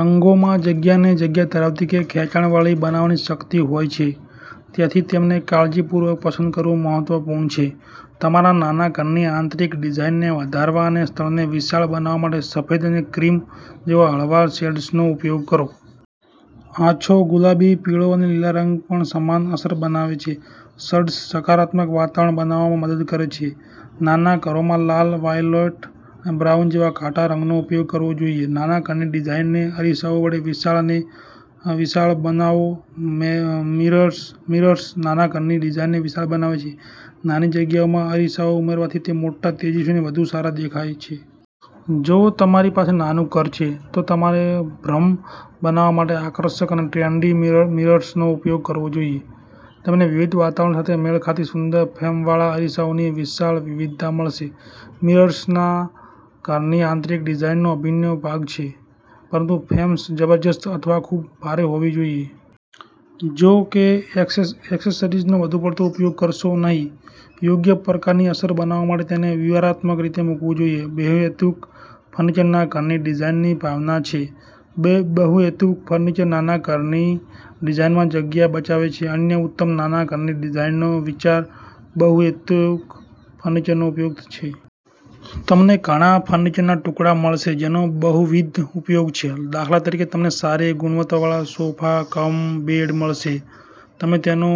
રંગોમાં જગ્યાને જગ્યા ધરાવતી કે ખેંચાણવાળી બનાવવાની શક્તિ હોય છે. તેથી, તેમને કાળજીપૂર્વક પસંદ કરવું મહત્વપૂર્ણ છે. તમારા નાના ઘરની આંતરિક ડિઝાઇનને વધારવા અને સ્થળને વિશાળ બનાવવા માટે, સફેદ અને ક્રીમ જેવા હળવા શેડ્સનો ઉપયોગ કરો. આછો ગુલાબી, પીળો અને લીલો રંગ પણ સમાન અસર બનાવે છે. શેડ્સ સકારાત્મક વાતાવરણ બનાવવામાં મદદ કરે છે. નાના ઘરોમાં લાલ, વાયોલેટ અને બ્રાઉન જેવા ઘાટા રંગોનો ઉપયોગકરવો જોઈએ. નાના ઘરની ડિઝાઇનને અરીસાઓ વડે વિશાળ બનાવોમિરર્સ નાના ઘરની ડિઝાઇનને વિશાળ બનાવે છે નાની જગ્યાઓમાં અરીસાઓ ઉમેરવાથી તે મોટા, તેજસ્વી અને વધુ સારા દેખાય છે. જો તમારી પાસે નાનું ઘર છે, તો તમારેભ્રમ બનાવવા માટે આકર્ષક અને ટ્રેન્ડી મિરર્સનો ઉપયોગ કરવો જોઈએ. તમને વિવિધ વાતાવરણ સાથે મેળ ખાતી સુંદર ફ્રેમવાળા અરીસાઓની વિશાળ વિવિધતા મળશે. મિરર્સનાના ઘરની આંતરિક ડિઝાઇનનો અભિન્ન ભાગ છે, પરંતુ ફ્રેમ્સ જબરજસ્ત અથવા ખૂબ ભારેહોવી જોઈએ. જો કે, એક્સેસરીનો વધુ પડતો ઉપયોગ કરશો નહીં. યોગ્ય પ્રકારની અસર બનાવવા માટે તેને વ્યૂહાત્મક રીતે મૂકવું જોઈએ. બહુહેતુક ફર્નિચરનાના ઘરની ડિઝાઇનની ભાવના છે બહુહેતુક ફર્નિચર નાના ઘરની ડિઝાઇનમાં જગ્યા બચાવે છે અન્ય ઉત્તમ નાના ઘરની ડિઝાઇનનો વિચારબહુહેતુક ફર્નિચરનો ઉપયોગ છે. તમને ઘણા ફર્નિચરના ટુકડા મળશે જેનો બહુવિધ ઉપયોગો છે. દાખલા તરીકે, તમને સારી ગુણવત્તાવાળા સોફા કમ બેડ મળશે. તમે તેનો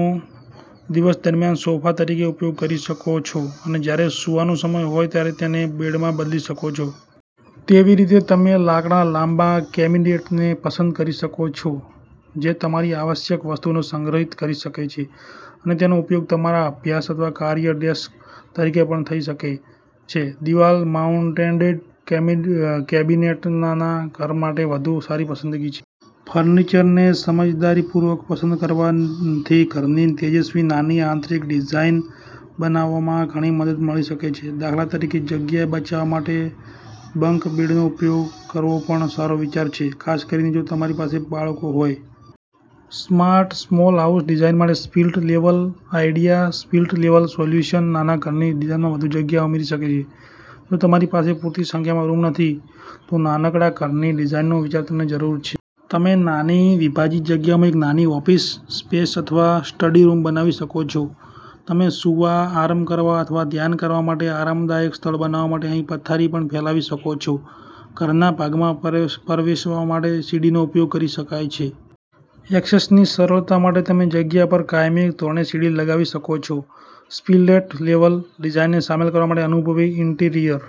દિવસ દરમિયાન સોફા તરીકે ઉપયોગ કરી શકો છો અને જ્યારે સૂવાનો સમય હોય ત્યારે તેને બેડમાં બદલી શકો છો. તેવીરીતે, તમે લાકડાના લાંબા કેબિનેટને પસંદ કરી શકો છો જે તમારી આવશ્યક વસ્તુઓને સંગ્રહિત કરી શકે છે અને તેનો ઉપયોગ તમારા અભ્યાસ અથવા કાર્ય ડેસ્ક તરીકે પણ થઈ શકે છે. દિવાલ-માઉન્ટેડ કેબિનેટનાના ઘર માટે વધુ સારી પસંદગી છે. ફર્નિચરને સમજદારીપૂર્વક પસંદ કરવાથી ઘરની તેજસ્વી નાની આંતરિક ડિઝાઇન બનાવવામાં ઘણી મદદ મળી શકે છે. દાખલા તરીકે, જગ્યા બચાવવા માટે બંક બેડનો ઉપયોગ કરવોપણ સારો વિચાર છે, ખાસ કરીને જો તમારી પાસે બાળકો હોય. સ્માર્ટ સ્મોલ હાઉસ ડિઝાઇન માટે split level idea split level solutions નાના ઘરની ડિઝાઇનમાં વધુ જગ્યા ઉમેરી શકે છે જો તમારી પાસે પૂરતી સંખ્યામાં રૂમ નથી, તોનાનકડા ઘરની ડિઝાઇનનો વિચાર તમને જરૂર છે. તમે નાની વિભાજીત જગ્યામાં એક નાની ઓફિસ સ્પેસ અથવા સ્ટડી રૂમ બનાવી શકો છો. તમે સૂવા, આરામ કરવા અથવા ધ્યાન કરવા માટે આરામદાયક સ્થળ બનાવવા માટે અહીં પથારી પણ ફેલાવી શકો છો. ઘરનાભાગમાં પ્રવેશવા માટે સીડીનો ઉપયોગ કરી શકાય છે. ઍક્સેસની સરળતા માટે તમેજગ્યા પર કાયમી ધોરણે સીડી લગાવી શકો છો. સ્પ્લિટ-લેવલ ડિઝાઇનને સામેલ કરવા માટે અનુભવી ઇન્ટિરિયર